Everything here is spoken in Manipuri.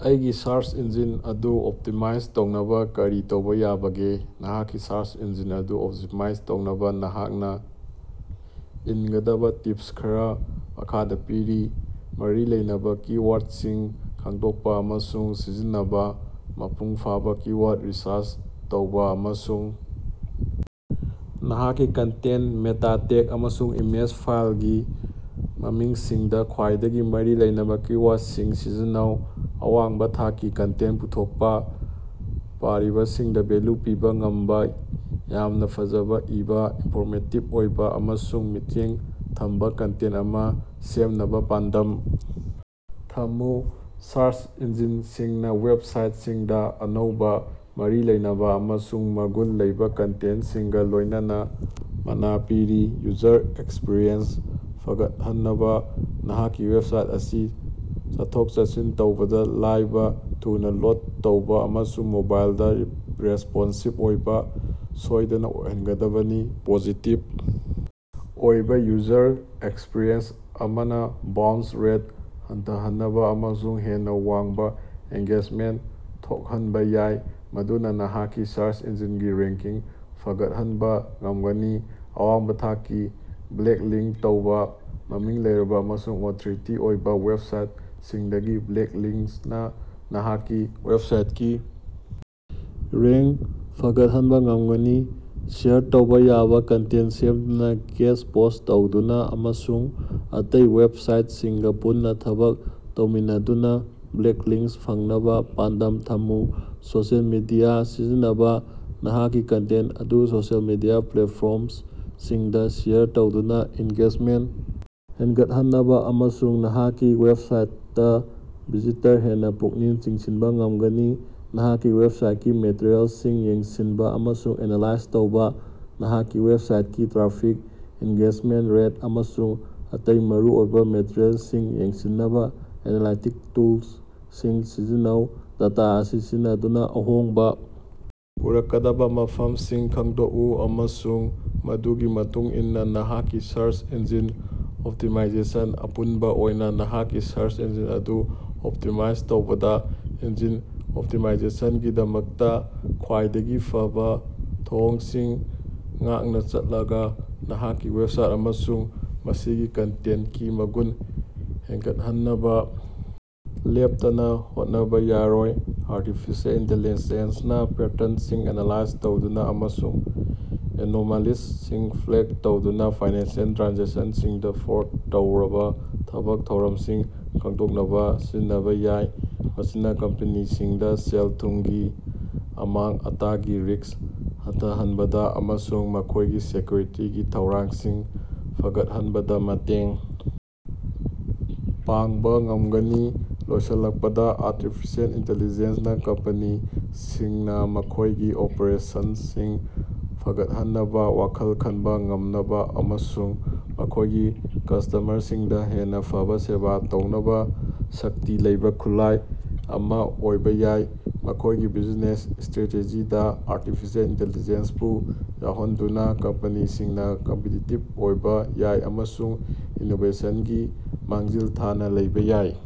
ꯑꯩꯒꯤ ꯁꯔꯆ ꯏꯟꯖꯤꯟ ꯑꯗꯨ ꯑꯣꯞꯇꯤꯃꯥꯏꯖ ꯇꯧꯅꯕꯥ ꯑꯩꯅꯥ ꯀꯔꯤ ꯇꯧꯕꯥ ꯌꯥꯕꯒꯦ? ꯅꯍꯥꯛꯀꯤ ꯁꯔꯆ ꯏꯟꯖꯤꯟ ꯑꯗꯨ ꯑꯣꯞꯇꯤꯃꯥꯏꯖ ꯇꯧꯅꯕꯥ ꯅꯍꯥꯛꯅꯥ ꯏꯟꯒꯗꯕꯥ ꯇꯤꯞꯁ ꯈꯔꯥ ꯃꯈꯥꯗꯥ ꯄꯤꯔꯤ: ꯃꯔꯤ ꯂꯩꯅꯕꯥ ꯀꯤ-ꯋꯥꯔꯗꯁꯤꯡ ꯈꯪꯗꯣꯛꯄꯥ ꯑꯃꯁꯨꯡ ꯁꯤꯖꯤꯟꯅꯕꯥ: ꯃꯄꯨꯡꯐꯥꯕꯥ ꯀꯤ-ꯋꯥꯔꯗ ꯔꯤꯁꯔꯆ ꯇꯧꯕꯥ ꯑꯃꯁꯨꯡ ꯅꯍꯥꯛꯀꯤ ꯀꯟꯇꯦꯟꯇ, ꯃꯦꯇꯥ ꯇꯦꯒ, ꯑꯃꯁꯨꯡ ꯏꯃꯦꯖ ꯐꯥꯏꯜꯒꯤ ꯃꯃꯤꯡꯁꯤꯡꯗꯥ ꯈ꯭ꯋꯥꯏꯗꯒꯤ ꯃꯔꯤ ꯂꯩꯅꯕꯥ ꯀꯤ-ꯋꯥꯔꯗꯁꯤꯡ ꯁꯤꯖꯤꯟꯅꯧ꯫ ꯑꯋꯥꯡꯕꯥ ꯊꯥꯛꯀꯤ ꯀꯟꯇꯦꯟꯇ ꯄꯨꯊꯣꯛꯄꯥ: ꯄꯥꯔꯤꯕꯁꯤꯡꯗꯥ ꯚꯦꯜꯌꯨ ꯄꯤꯕꯥ ꯉꯝꯕꯥ ꯌꯥꯝꯅꯥ ꯐꯖꯅꯥ ꯏꯕꯥ, ꯏꯟꯐꯣꯔꯃꯦꯇꯤꯕ ꯑꯣꯏꯕꯥ ꯑꯃꯁꯨꯡ ꯃꯤꯠꯌꯦꯡ ꯊꯝꯕꯥ ꯀꯟꯇꯦꯟꯇ ꯑꯃꯥ ꯁꯦꯝꯅꯕꯥ ꯄꯥꯟꯗꯝ ꯊꯝꯃꯨ꯫ ꯁꯔꯆ ꯏꯟꯖꯤꯟꯁꯤꯡꯅꯥ ꯋꯦꯕꯁꯥꯏꯠꯁꯤꯡꯗꯥ ꯑꯅꯧꯕꯥ, ꯃꯔꯤ ꯂꯩꯅꯕꯥ ꯑꯃꯁꯨꯡ ꯃꯒꯨꯟ ꯂꯩꯕꯥ ꯀꯟꯇꯦꯟꯇꯁꯤꯡꯒꯥ ꯂꯣꯏꯅꯅꯥ ꯃꯅꯥ ꯄꯤꯔꯤ꯫ ꯌꯨꯖꯔ ꯑꯦꯛꯁꯄꯤꯔꯤꯑꯦꯟꯁ ꯐꯒꯠꯍꯟꯅꯕꯥ: ꯅꯍꯥꯛꯀꯤ ꯋꯦꯕꯁꯥꯏꯠ ꯑꯁꯤ ꯆꯠꯊꯣꯛ-ꯆꯠꯁꯤꯟ ꯇꯧꯕꯗꯥ ꯂꯥꯏꯕꯥ, ꯊꯨꯅꯥ ꯂꯣꯗ ꯇꯧꯕꯥ ꯑꯃꯁꯨꯡ ꯃꯣꯕꯥꯏꯜꯗꯥ ꯔꯦꯁꯄꯣꯟꯁꯤꯕꯜ ꯑꯣꯏꯕꯥ ꯁꯣꯏꯗꯅꯥ ꯑꯣꯏꯍꯟꯒꯗꯕꯅꯤ꯫ ꯄꯣꯖꯤꯇꯤꯚ ꯑꯣꯏꯕꯥ ꯌꯨꯖꯔ ꯑꯦꯛꯁꯄꯤꯔꯤꯑꯦꯟꯁ ꯑꯃꯅꯥ ꯕꯥꯎꯟꯁ ꯔꯦꯠ ꯍꯟꯊꯍꯟꯕꯥ ꯑꯃꯁꯨꯡ ꯍꯦꯟꯅꯥ ꯋꯥꯡꯕꯥ ꯑꯦꯡꯒꯦꯖꯃꯦꯟꯇ ꯊꯣꯛꯍꯟꯕꯥ ꯌꯥꯏ, ꯃꯗꯨꯅꯥ ꯅꯍꯥꯛꯀꯤ ꯁꯔꯆ ꯏꯟꯖꯤꯟꯒꯤ ꯔꯦꯡꯀꯤꯡ ꯐꯒꯠꯍꯟꯕꯥ ꯉꯝꯒꯅꯤ꯫ ꯑꯋꯥꯡꯕꯥ ꯊꯥꯛꯀꯤ ꯕꯦꯛꯂꯤꯡꯀꯁꯤꯡ ꯂꯧꯕꯥ: ꯃꯃꯤꯡ ꯂꯩꯔꯕꯥ ꯑꯃꯁꯨꯡ ꯑꯣꯊꯣꯔꯤꯇꯤ ꯑꯣꯏꯕꯥ ꯋꯦꯕꯁꯥꯏꯇꯁꯤꯡꯗꯒꯤ ꯕꯦꯛꯂꯤꯡꯀꯁꯤꯡꯅꯥ ꯅꯍꯥꯛꯀꯤ ꯋꯦꯕꯁꯥꯏꯇꯀꯤ ꯔꯦꯡ ꯐꯒꯠꯍꯟꯕꯥ ꯉꯝꯒꯅꯤ꯫ ꯁꯦꯌꯔ ꯇꯧꯕꯥ ꯌꯥꯕꯥ ꯀꯟꯇꯦꯟꯇ ꯁꯦꯝꯗꯨꯅꯥ, ꯒꯦꯁ ꯄꯣꯁ꯭ꯠ ꯇꯧꯗꯨꯅꯥ, ꯑꯃꯁꯨꯡ ꯑꯇꯩ ꯋꯦꯕꯁꯥꯏꯇꯁꯤꯡꯒꯥ ꯄꯨꯟꯅꯥ ꯊꯕꯛ ꯇꯧꯃꯤꯟꯅꯗꯨꯅꯥ ꯕꯦꯛꯂꯤꯡꯀꯁꯤꯡ ꯐꯪꯅꯕꯥ ꯄꯥꯟꯗꯝ ꯊꯝꯃꯨ꯫ ꯁꯣꯁꯤꯑꯦꯜ ꯃꯤꯗꯤꯌꯥ ꯁꯤꯖꯤꯟꯅꯕꯥ: ꯅꯍꯥꯛꯀꯤ ꯀꯟꯇꯦꯟꯇ ꯑꯗꯨ ꯁꯣꯁꯤꯑꯦꯜ ꯃꯤꯗꯤꯌꯥ ꯄ꯭ꯂꯦꯠꯐꯣꯔꯃꯁꯤꯡꯗꯥ ꯁꯦꯌꯔ ꯇꯧꯗꯨꯅꯥ ꯑꯦꯡꯒꯦꯖꯃꯦꯟꯇ ꯍꯦꯟꯒꯠꯍꯟꯅꯕꯥ ꯑꯃꯁꯨꯡ ꯅꯍꯥꯛꯀꯤ ꯋꯦꯕꯁꯥꯏꯇꯇꯥ ꯚꯤꯖꯤꯇꯔ ꯍꯦꯟꯅꯥ ꯄꯨꯛꯅꯤꯡ ꯆꯤꯡꯁꯤꯟꯕꯥ ꯉꯝꯒꯅꯤ꯫ ꯅꯍꯥꯛꯀꯤ ꯋꯦꯕꯁꯥꯏꯇꯀꯤ ꯃꯦꯇꯔꯤꯑꯦꯜꯁꯤꯡ ꯌꯦꯡꯁꯤꯟꯕꯥ ꯑꯃꯁꯨꯡ ꯑꯦꯅꯥꯂꯥꯏꯖ ꯇꯧꯕꯥ ꯅꯍꯥꯛꯀꯤ ꯋꯦꯕꯁꯥꯏꯇꯀꯤ ꯇ꯭ꯔꯥꯐꯤꯛ, ꯑꯦꯡꯒꯦꯖꯃꯦꯟꯇ ꯔꯦꯠ, ꯑꯃꯁꯨꯡ ꯑꯇꯩ ꯃꯔꯨꯑꯣꯏꯕꯥ ꯃꯦꯇꯔꯤꯑꯦꯜꯁꯤꯡ ꯌꯦꯡꯁꯤꯟꯅꯕꯥ ꯑꯦꯅꯥꯂꯥꯏꯇꯤꯛꯁ ꯇꯨꯜꯁꯤꯡ ꯁꯤꯖꯤꯟꯅꯧ꯫ ꯗꯦꯇꯥ ꯑꯁꯤ ꯁꯤꯖꯤꯟꯅꯗꯨꯅꯥ ꯑꯍꯣꯡꯕꯥ ꯄꯨꯔꯛꯀꯗꯕꯥ ꯃꯐꯝꯁꯤꯡ ꯈꯪꯗꯣꯛꯎ ꯑꯃꯁꯨꯡ ꯃꯗꯨꯒꯤ ꯃꯇꯨꯡ ꯏꯟꯅꯥ ꯅꯍꯥꯛꯀꯤ ꯁꯔꯁ ꯏꯟꯖꯤꯟ ꯑꯣꯞꯇꯤꯃꯥꯏꯖꯦꯁꯟ ꯑꯄꯨꯟꯕꯥ ꯑꯣꯏꯅꯥ, ꯅꯍꯥꯛꯀꯤ ꯁꯔꯆ ꯏꯟꯖꯤꯟ ꯑꯗꯨ ꯑꯣꯞꯇꯤꯃꯥꯏꯖ ꯇꯧꯕꯗꯥ ꯏꯟꯖꯤꯟ ꯑꯣꯞꯇꯤꯃꯥꯏꯖꯦꯁꯟꯒꯤꯗꯃꯛꯇꯥ ꯈ꯭ꯋꯥꯏꯗꯒꯤ ꯐꯕꯥ ꯊꯧꯑꯣꯡꯁꯤꯡ ꯉꯥꯛꯅꯥ ꯆꯠꯂꯒꯥ ꯅꯍꯥꯛꯀꯤ ꯋꯦꯕꯁꯥꯏꯠ ꯑꯃꯁꯨꯡ ꯃꯁꯤꯒꯤ ꯀꯟꯇꯦꯟꯇꯀꯤ ꯃꯒꯨꯟ ꯍꯦꯟꯒꯠꯍꯟꯅꯕꯥ ꯂꯦꯞꯇꯅꯥ ꯍꯣꯠꯅꯕꯥ ꯌꯥꯔꯣꯏ꯫ ꯑꯥꯔꯇꯤꯐꯤꯁꯤꯑꯦꯜ ꯏꯟꯇꯤꯂꯤꯖꯦꯟꯁꯅꯥ ꯄꯦꯇ꯭ꯔꯟꯁꯤꯡ ꯑꯦꯅꯥꯂꯥꯏꯖ ꯇꯧꯗꯨꯅꯥ ꯑꯃꯁꯨꯡ ꯑꯦꯅꯣꯃꯦꯂꯤꯖꯃꯁꯤꯡ ꯐ꯭ꯂꯦꯛ ꯇꯧꯗꯨꯅꯥ ꯐꯥꯏꯅꯥꯟꯁꯤꯑꯦꯜ ꯇ꯭ꯔꯥꯟꯖꯦꯛꯁꯟꯁꯤꯡꯗꯥ ꯐ꯭ꯔꯣꯗ ꯇꯧꯔꯕꯥ ꯊꯕꯛ ꯊꯧꯔꯝꯁꯤꯡ ꯈꯪꯗꯣꯛꯅꯕꯥ ꯁꯤꯖꯤꯟꯅꯕꯥ ꯌꯥꯏ꯫ ꯃꯁꯤꯅꯥ ꯀꯝꯄꯦꯅꯤꯁꯤꯡꯗꯥ ꯁꯦꯜ-ꯊꯨꯝꯒꯤ ꯑꯃꯥꯡ-ꯑꯇꯥꯒꯤ ꯔꯤꯀꯁ ꯍꯟꯊꯍꯟꯕꯗꯥ ꯑꯃꯁꯨꯡ ꯃꯈꯣꯏꯒꯤ ꯁꯦꯀ꯭ꯌꯨꯔꯤꯇꯤꯒꯤ ꯊꯧꯔꯥꯡꯁꯤꯡ ꯐꯒꯠꯍꯟꯕꯗꯥ ꯃꯇꯦꯡ ꯄꯥꯡꯕꯥ ꯉꯝꯒꯅꯤ꯫ ꯂꯣꯏꯁꯤꯜꯂꯛꯄꯗꯥ ꯑꯥꯔꯇꯤꯐꯤꯁꯤꯑꯦꯜ ꯏꯟꯇꯤꯂꯤꯖꯦꯟꯁꯅꯥ ꯀꯝꯄꯦꯅꯤꯁꯤꯡꯅꯥ ꯃꯈꯣꯏꯒꯤ ꯑꯣꯄꯥꯔꯦꯁꯟꯁꯤꯡ ꯐꯒꯠꯍꯟꯅꯕꯥ, ꯋꯥꯈꯜ ꯈꯟꯕꯥ ꯉꯝꯅꯕꯥ ꯑꯃꯁꯨꯡ ꯃꯈꯣꯏꯒꯤ ꯀꯁꯇꯝꯃꯔꯁꯤꯡꯗꯥ ꯍꯦꯟꯅꯥ ꯐꯕꯥ ꯁꯦꯕꯥ ꯇꯧꯅꯕꯥ ꯁꯛꯇꯤ ꯂꯩꯕꯥ ꯈꯨꯠꯂꯥꯏ ꯑꯃꯥ ꯑꯣꯏꯕꯥ ꯌꯥꯏ꯫ ꯃꯈꯣꯏꯒꯤ ꯕꯤꯖꯤꯅꯦꯁ ꯏꯁꯇ꯭ꯔꯦꯇꯦꯖꯤꯗꯥ ꯑꯥꯔꯇꯤꯐꯤꯁꯤꯑꯦꯜ ꯏꯟꯇꯤꯂꯤꯖꯦꯟꯁꯕꯨ ꯌꯥꯎꯍꯟꯗꯨꯅꯥ ꯀꯝꯄꯦꯅꯤꯁꯤꯡꯅꯥ ꯀꯝꯄꯤꯇꯤꯇꯤꯕ ꯑꯣꯏꯕꯥ ꯌꯥꯏ ꯑꯃꯁꯨꯡ ꯏꯅꯣꯕꯦꯁꯟꯒꯤ ꯃꯥꯡꯖꯤꯜ ꯊꯥꯅꯥ ꯂꯩꯕꯥ ꯌꯥꯏ꯫